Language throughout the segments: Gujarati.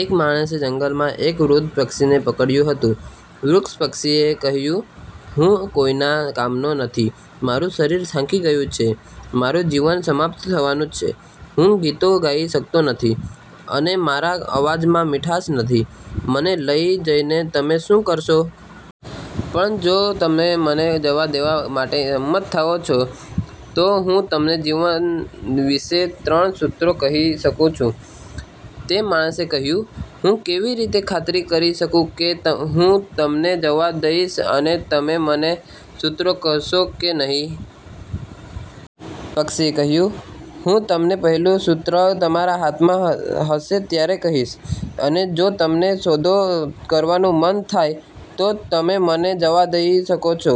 એક માણસે જંગલમાં એક વૃદ્ધ પક્ષીને પકડ્યું હતું. વૃદ્ધ પક્ષીએ કહ્યું: હું કોઈના કામનો નથી, મારું શરીર થાકી ગયું છે, મારું જીવન સમાપ્ત થવાનું છે, હું ગીતો ગાઈ શકતો નથી, અને મારા અવાજમાં મીઠાશ નથી, મને લઈ જઈને તમે શું કરશો? પણ જો તમે મને જવા દેવા માટે સંમત થાઓ છો, તો હું તમને જીવન વિશે ત્રણ સૂત્રો કહી શકું છું. તે માણસે કહ્યું: હું કેવી રીતે ખાતરી કરી શકું કે હું તમને જવા દઈશ અને તમે મને સૂત્રો કહેશો કે નહીં? પક્ષીએ કહ્યું: હું તમને પહેલું સૂત્ર તમારા હાથમાં હશે ત્યારે કહીશ. અને જો તમને સોદો કરવાનું મન થાય, તો તમે મને જવા દઈ શકો છો.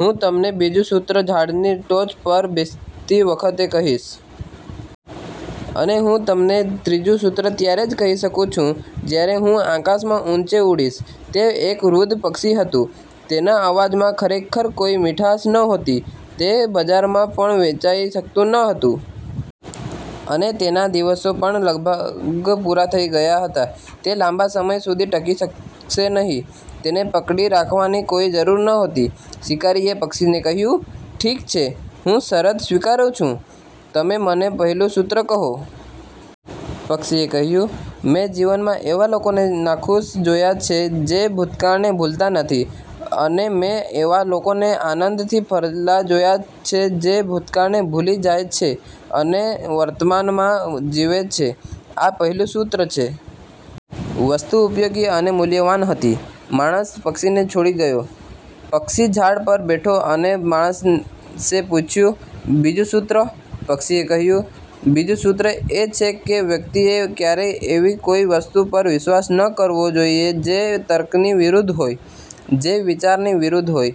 હું તમને બીજું સૂત્ર ઝાડની ટોચ પર બેસતી વખતે કહીશ. અને હું તમને ત્રીજું સૂત્ર ત્યારે જ કહી શકું છું જ્યારે હું આકાશમાં ઊંચે ઉડીશ. તે એક વૃદ્ધ પક્ષી હતું, તેના અવાજમાં ખરેખર કોઈ મીઠાશ નહોતી, તે બજારમાં પણ વેચાઈ શકતું ન હતું. અને તેના દિવસો પણ લગભગ પૂરા થઈ ગયા હતા, તે લાંબા સમય સુધી ટકી શકશે નહીં. તેને પકડી રાખવાની કોઈ જરૂર નહોતી. શિકારીએ પક્ષીને કહ્યું: ઠીક છે, હું શરત સ્વીકારું છું. તમે મને પહેલું સૂત્ર કહો. પક્ષીએ કહ્યું: મેં જીવનમાં એવા લોકોને નાખુશ જોયા છે જે ભૂતકાળને ભૂલતા નથી. અને મેં એવા લોકોને આનંદથી ભરેલા જોયા છે જે ભૂતકાળને ભૂલી જાય છે અને વર્તમાનમાં જીવે છે, આ પહેલું સૂત્ર છે. વસ્તુ ઉપયોગી અને મૂલ્યવાન હતી. માણસ પક્ષીને છોડી ગયો. પક્ષી ઝાડ પર બેઠો અને માણસે પૂછ્યું, બીજું સૂત્ર? પક્ષીએ કહ્યું: બીજું સૂત્ર એ છે કે વ્યક્તિએ ક્યારેય એવી કોઈ વસ્તુ પર વિશ્વાસ ન કરવો જોઈએ જે તર્કની વિરુદ્ધ હોય, જે વિચારની વિરુદ્ધ હોય,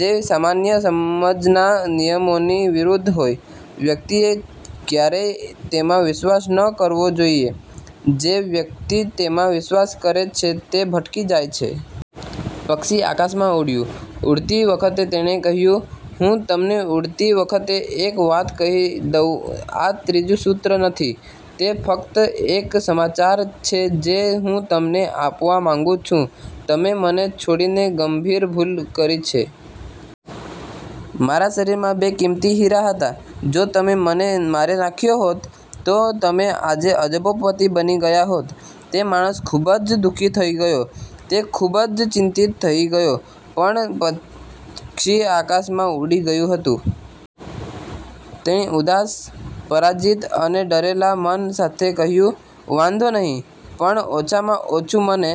જે સામાન્ય સમજના નિયમોની વિરુદ્ધ હોય, વ્યક્તિએ ક્યારેય તેમાં વિશ્વાસ ન કરવો જોઈએ, જે વ્યક્તિ તેમાં વિશ્વાસ કરે છે તે ભટકી જાય છે. પક્ષી આકાશમાં ઉડ્યું. ઉડતી વખતે તેણે કહ્યું: હું તમને ઉડતી વખતે એક વાત કહી દઉં, આ ત્રીજું સૂત્ર નથી, તે ફક્ત એક સમાચાર છે જે હું તમને આપવા માંગુ છું. તમે મને છોડીને ગંભીર ભૂલ કરી છે. મારા શરીરમાં બે કિંમતી હીરા હતા. જો તમે મને મારી નાખ્યો હોત, તો તમે આજે અબજોપતિ બની ગયા હોત. તે માણસ ખૂબ જ દુઃખી થઈ ગયો. તે ખૂબ જ ચિંતિત થઈ ગયો. પણ પક્ષી આકાશમાં ઉડી ગયું હતું. તેણે ઉદાસ, પરાજિત અને ડરેલા મન સાથે કહ્યું: વાંધો નહીં, પણ ઓછામાં ઓછું મને